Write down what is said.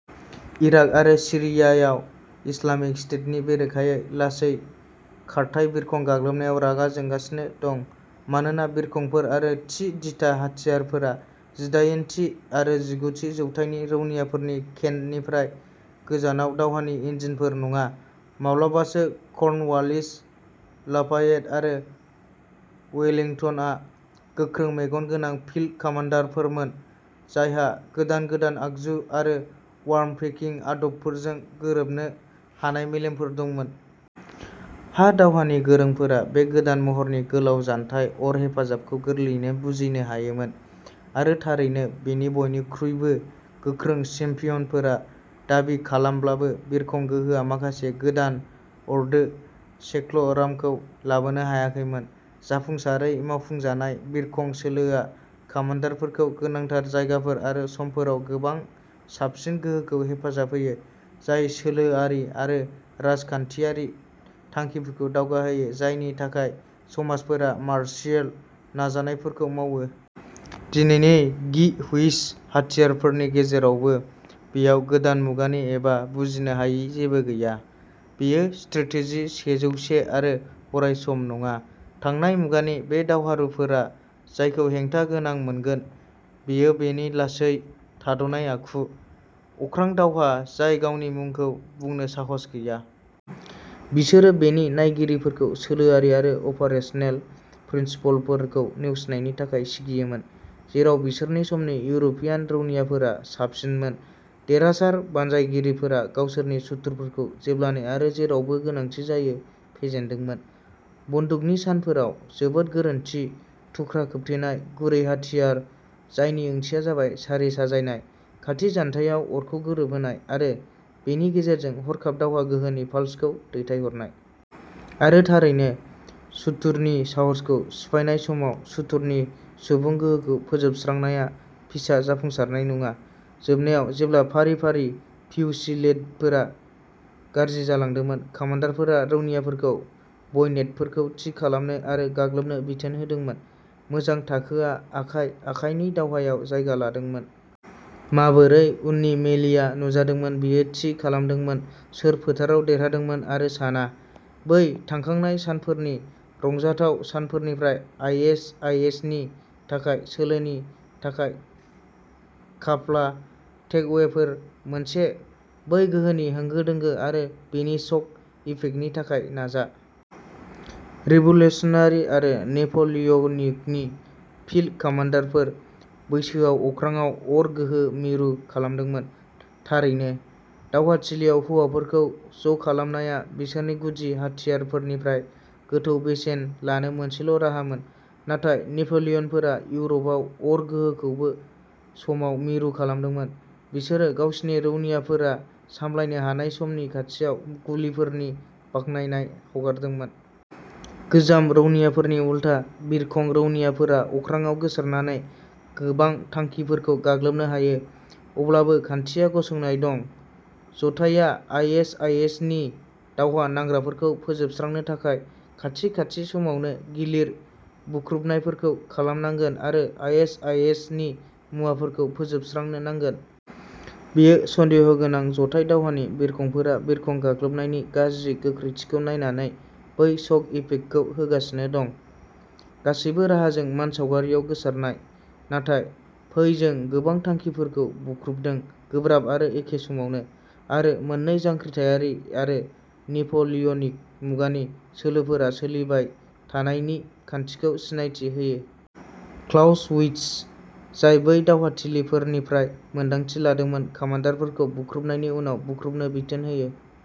Iraq आरो सीरियायाव Islamic स्टेटनि बेरेखायै लासै खारथाय बिरखं गाग्लोबनायाव रागा जोंगासिनो दं। मानोना बिरखंफोर आरो थि-दिथा हाथियारफोरा जिदायेनथि आरो जिगुथि जौथाइनि रौनियाफोरनि केननिफ्राय गोजानाव दावहानि इन्जिनफोर नङा। माब्लाबासो कर्नवालिस, लाफायेट आरो वेलिंटनआ गोख्रों मेगन गोनां फील्ड कामान्डारफोरमोन, जायहा गोदान गोदान आगजु आरो वार्मकेकिं आदबफोरजों गोरोबनो हानाय मेलेमफोर दंमोन। हा दावहानि गोरोंफोरा बे गोदान महरनि गोलाव जानथाय अर हेफाजाबखौ गोरलैयैनो बुजिनो हायोमोन। आरो थारैनो, बेनि बयनिख्रुइबो गोख्रों चेम्पियनफोरा दाबि खालामब्लाबो, बिरखं गोहोआ माखासे गोदान अर्दो सेक्ल'रामखौ लाबोनो हायाखैमोन। जाफुंसारै मावफुंजानाय, बिरखं सोलोआ कामान्डारफोरखौ गोनांथार जायगाफोर आरो समफोराव गोबां साबसिन गोहोखौ हेफाजाब होयो, जाय सोलोआरि आरो राजखान्थियारि थांखिफोरखौ दावगाहोयो जायनि थाखाय समाजफोरा मार्शियेल नाजानायफोरखौ मावो। दिनैनि गि व्हिज हाथियारफोरनि गेजेरावबो, बेयाव गोदान मुगानि एबा बुजिनो हायै जेबो गैया। बेयो स्ट्राटेजि सेजौसे आरो अरायसम नङा थांनाय मुगानि बे दावहारुफोरा जायखौ हेंथा गोनां मोनगोन बेयो बेनि लासै, थाद'नाय आखु। अख्रां दावहा जाय गावनि मुंखौ बुंनो साहस गैया। बिसोरो बेनि नायगिरिफोरखौ सोलोआरि आरो अपारेसनेल प्रिन्सिपलफोरखौ नेवसिनायनि थाखाय सिगियोमोन, जेराव बिसोरनि समनि इउर'पियान रौनियाफोरा साबसिनमोन। देरहासार बानजायगिरिफोरा गावसोरनि सुथुरफोरखौ जेब्लानो आरो जेरावबो गोनांथि जायो, फेजेनदोंमोन। बन्दुकनि सानफोराव जोबोद गोरोन्थि, थुख्रा खोबथेनाय, गुरै हाथियार जायनि ओंथिया जाबाय सारि साजायनाय, खाथि जानथायाव अरखौ गोरोबहोनाय, आरो बेनि गेजेरजों हरखाब दावहा गोहोनि पाल्सखौ दैथायहरनाय। आरो थारैनो, सुथुरनि साहसखौ सिफायनाय समाव सुथुरनि सुबुं गोहोखौ फोजोबस्रांनाया फिसा जाफुंसारनाय नङा। जोबनायाव, जेब्ला फारि-फारि फ्युसिलेडफोरा गाज्रि जालांदोंमोन, कामान्डारफोरा रौनियाफोरखौ बयनेटफोरखौ थि खालामनो आरो गाग्लोबनो बिथोन होदोंमोन। मोजां थाखोआ आखाइ-आखाइनि दावहायाव जायगा लादोंमोन। माबोरै उननि मेलिआ नुजादोंमोन बेयो थि खालामदोंमोन सोर फोथाराव देरहादोंमोन आरो साना। बै थांखांनाय सानफोरनि रंजाथाव सानफोरनिफ्राय आइ एस आइ एस नि थाखाय सोलोनि थाखाय काप्ला टेकअवेफोर। मोनसे, बै गोहोनि होंगो दोंगो आरो बेनि शक इफेक्टनि थाखाय नाजा। रिभ'ल्युश'नारि आरो नेप'लिय'निकनि फील्ड कामान्डारफोर। बैसोआ अख्राङाव अर गोहो मिरु खालामदोंमोन, थारैनो। दावहाथिलियाव हौवाफोरखौ ज'खालामनाया बिसोरनि गुदि हाथियारफोरनिफ्राय गोथौ बेसेन लानो मोनसेल' राहामोन। नाथाय नेप'लियनफोरा इउर'पआव अर गोहोखौबो समाव मिरु खालामदोंमोन। बिसोरो गावसिनि रौनियाफोरा सामलायनो हानाय समनि खाथियाव गुलिफोरनि बाख्नायनाय हगारदोंमोन। गोजाम रौनियाफोरनि उलथा, बिरखं रौनियाफोरा अख्राङाव गोसारनानै गोबां थांखिफोरखौ गाग्लोबनो हायो। अब्लाबो खान्थिया गसंना दं। जथाइया आइ एस आइ एस नि दावहा नांग्राफोरखौ फोजोबस्रांनो थाखाय खाथि-खाथि समावनो गिलिर बुख्रुनायफोरखौ खालामनांगोन आरो आइ एस आइ एस नि मुवाफोरखौ फोजोबस्रांनो नांगोन। बेयो सन्देह गोनां जथाइ दावहानि बिरखंफोरा बिरखं गाग्लोबनायनि गाज्रि गोख्रैथिखौ नायनानै बै शक इफेक्टखौ होगासिनो दं। गासैबो राहाजों मानसावगारियाव गोसारनाय, नाथाय फै जों गोबां थांखिफोरखौ बुख्रुबदों, गोब्राब, आरो एखे समावनो। आरो मोननै, जांख्रिथायारि आरो नेप'लियनिक मुगानि सोलोफोरा सोलिबाय थानाय नि खान्थिखौ सिनायथि होयो। क्लाउसविट्ज, जाय बै दावहाथिलिफोरनिफ्राय मोनदांथि लादोंमोन, कामान्डारफोरखौ बुख्रुबनायनि उनाव बुख्रुबनो बिथोन होयो।